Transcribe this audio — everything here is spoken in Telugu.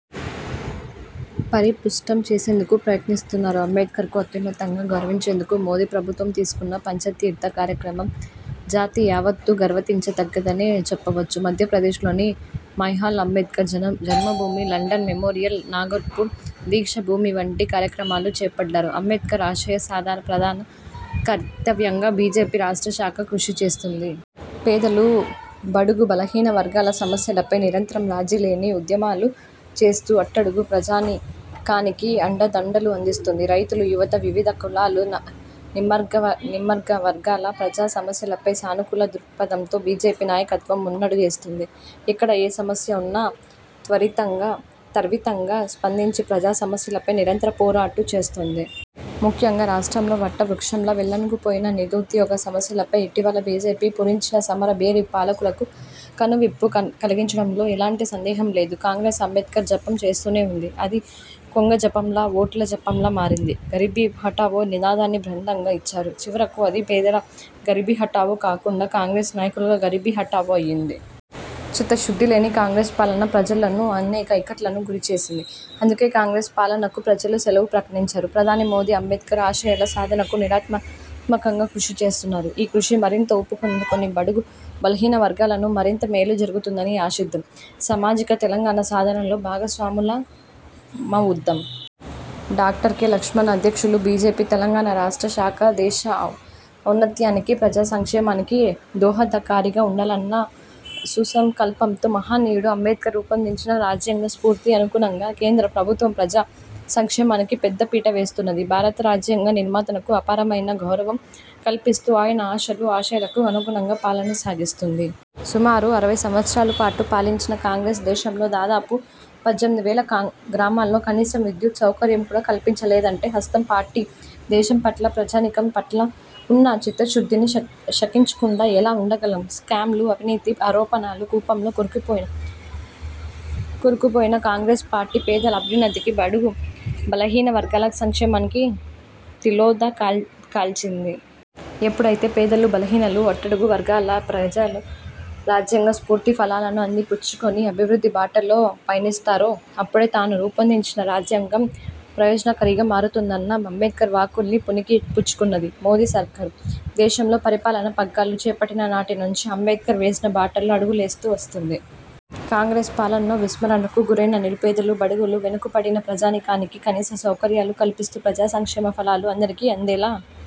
పరిపుష్టం చేసేందుకు ప్రయత్నిస్తున్నారు. అంబేడ్కర్కు అత్యున్నతంగా గౌరవించేందుకు మోదీ ప్రభుత్వం తీసుకున్న పంచతీర్థ కార్యక్రమం జాతి యావత్తు గర్వతించ తగ్గదనే చెప్పొచ్చు. మధ్యప్రదేశ్లోని మైహాలో అంబేడ్కర్ జన్మభూమి, లండన్ మెమోరియల్, నాగర్పూర్ దీక్షా భూమి వంటి కార్యక్రమాలు చేపట్టారు. అంబేడ్కర్ ఆశయ సాధనే ప్రధాన కర్తవ్యంగా బీజేపీ రాష్ట్ర శాఖ కృషిచేస్తోంది. పేదలు, బడుగు, బలహీన వర్గాల సమస్యలపై నిరంతరం రాజీలేని ఉద్యమాలు చేస్తూ అట్టడుగు ప్రజానీకానికి అండదండలు అందిస్తోంది. రైతులు, యువత, వివిధ కులాలు, నిమగ్గ నిమగ్గవర్గాల ప్రజా సమస్యలపై సానుకూల దృక్పథంతో బీజేపీ నాయకత్వం ముందడుగేస్తోంది. ఎక్కడ ఏ సమస్య ఉన్నా త్వరితంగా తర్వితంగా స్పందించి ప్రజా సమస్యలపై నిరంతర పోరాటాలు చేస్తోంది. ముఖ్యంగా రాష్ట్రంలో వటవృక్షంలా వేళ్లూనుకుపోయిన నిరుద్యోగ సమస్యలపై ఇటీవల బీజేపీ పూరించిన సమర భేరీ పాలకులకు కనువిప్పు కలిగించిండంలో ఎలాంటి సందేహం లేదు. కాంగ్రెస్ అంబేడ్కర్ జపం చేస్తూనే ఉంది. అది కొంగజపంలా, ఓట్ల జపంలా మారింది. 'గరీబీ హఠావో' నినాదాన్ని బ్రహ్మాండంగా ఇచ్చారు. చివరకు అది పేదల గరీబీ హఠావో కాకుండా, కాంగ్రెస్ నాయకుల గరీబీ హఠావో అయ్యింది. చిత్తశుద్ధిలేని కాంగ్రెస్ పాలన ప్రజలను అనేక ఇక్కట్లకు గురిచేసింది. అందుకే కాంగ్రెస్ పాలనకు ప్రజలు సెలవు ప్రకటించారు. ప్రధాని మోదీ అంబేడ్కర్ ఆశయాల సాధనకు నిర్మాణాత్మకంగా కృషి చేస్తున్నారు. ఈ కృషి మరింతగా ఊపందుకుని బడుగు, బలహీన వర్గాలను మరింత మేలు జరుగుతుందని ఆశిద్దాం. సామాజిక తెలంగాణ సాధనలో భాగస్వాములమవుదాం. Doctor K. లక్ష్మణ్అధ్యక్షులు, బీజేపీ తెలంగాణ రాష్ర్ట శాఖ దేశ ఔన్నత్యానికి, ప్రజా సంక్షేమానికి దోహదకారిగా ఉండాలన్న సుసంకల్పంతో మహనీయుడు అంబేడ్కర్ రూపొందించిన రాజ్యాంగ స్ఫూర్తి అనుగుణంగా కేంద్ర ప్రభుత్వం ప్రజా సంక్షేమానికి పెద్ద పీట వేస్తున్నది. భారత రాజ్యాంగ నిర్మాతకు అపారమైన గౌరవం కల్పిస్తూ ఆయన ఆశలు, ఆశయాలకు అనుగుణంగా పాలన సాగిస్తోంది. సుమారు అరవై సంవత్సరాల పాటు పాలించిన కాంగ్రెస్ దేశంలో దాదాపు పజ్జెనిమిది వేల గ్రామాల్లో కనీసం విద్యుత్ సౌకర్యం కూడా కల్పించలేదంటే హస్తం పార్టీకి దేశంపట్ల, ప్రజానీకం పట్ల ఉన్న చిత్తశుద్ధిని శకించకుండా ఎలా ఉండగలం? స్కామ్లు, అవినీతి ఆరోపణల కూపంలో కూరుకు కూరుకుపోయిన కాంగ్రెస్ పార్టీ పేదల అభ్యున్నతికి, బడుగు బలహీన వర్గాల సంక్షేమానికి తిలోదకాలిచ్చింది. ఎప్పుడయితే పేదలు, బలహీనులు, అట్టడుగు వర్గాల ప్రజలు రాజ్యాంగ స్ఫూర్తి ఫలాలను అందిపుచ్చుకుని అభివృద్ధి బాటలో పయనిస్తారో అప్పుడే తాను రూపొందించిన రాజ్యాం గం ప్రయోజనకారిగా మారుతుందన్న అంబేడ్కర్ వాక్కుల్ని పుణికి పుచ్చుకున్నది మోదీ సర్కార్. దేశంలో పరిపాలన పగ్గాలు చేపట్టిన నాటినుంచే అంబేడ్కర్ వేసిన బాటలో అడుగులేస్తూ వస్తోంది. కాంగ్రెస్ పాలనలో విస్మరణకు గురైన నిరుపేదలు, బడుగులు, వెనుకబడిన ప్రజానీకానికి కనీస సౌకర్యాలు కల్పిస్తూ, ప్రజా సంక్షేమ ఫలాలు అందరికీ అందేలా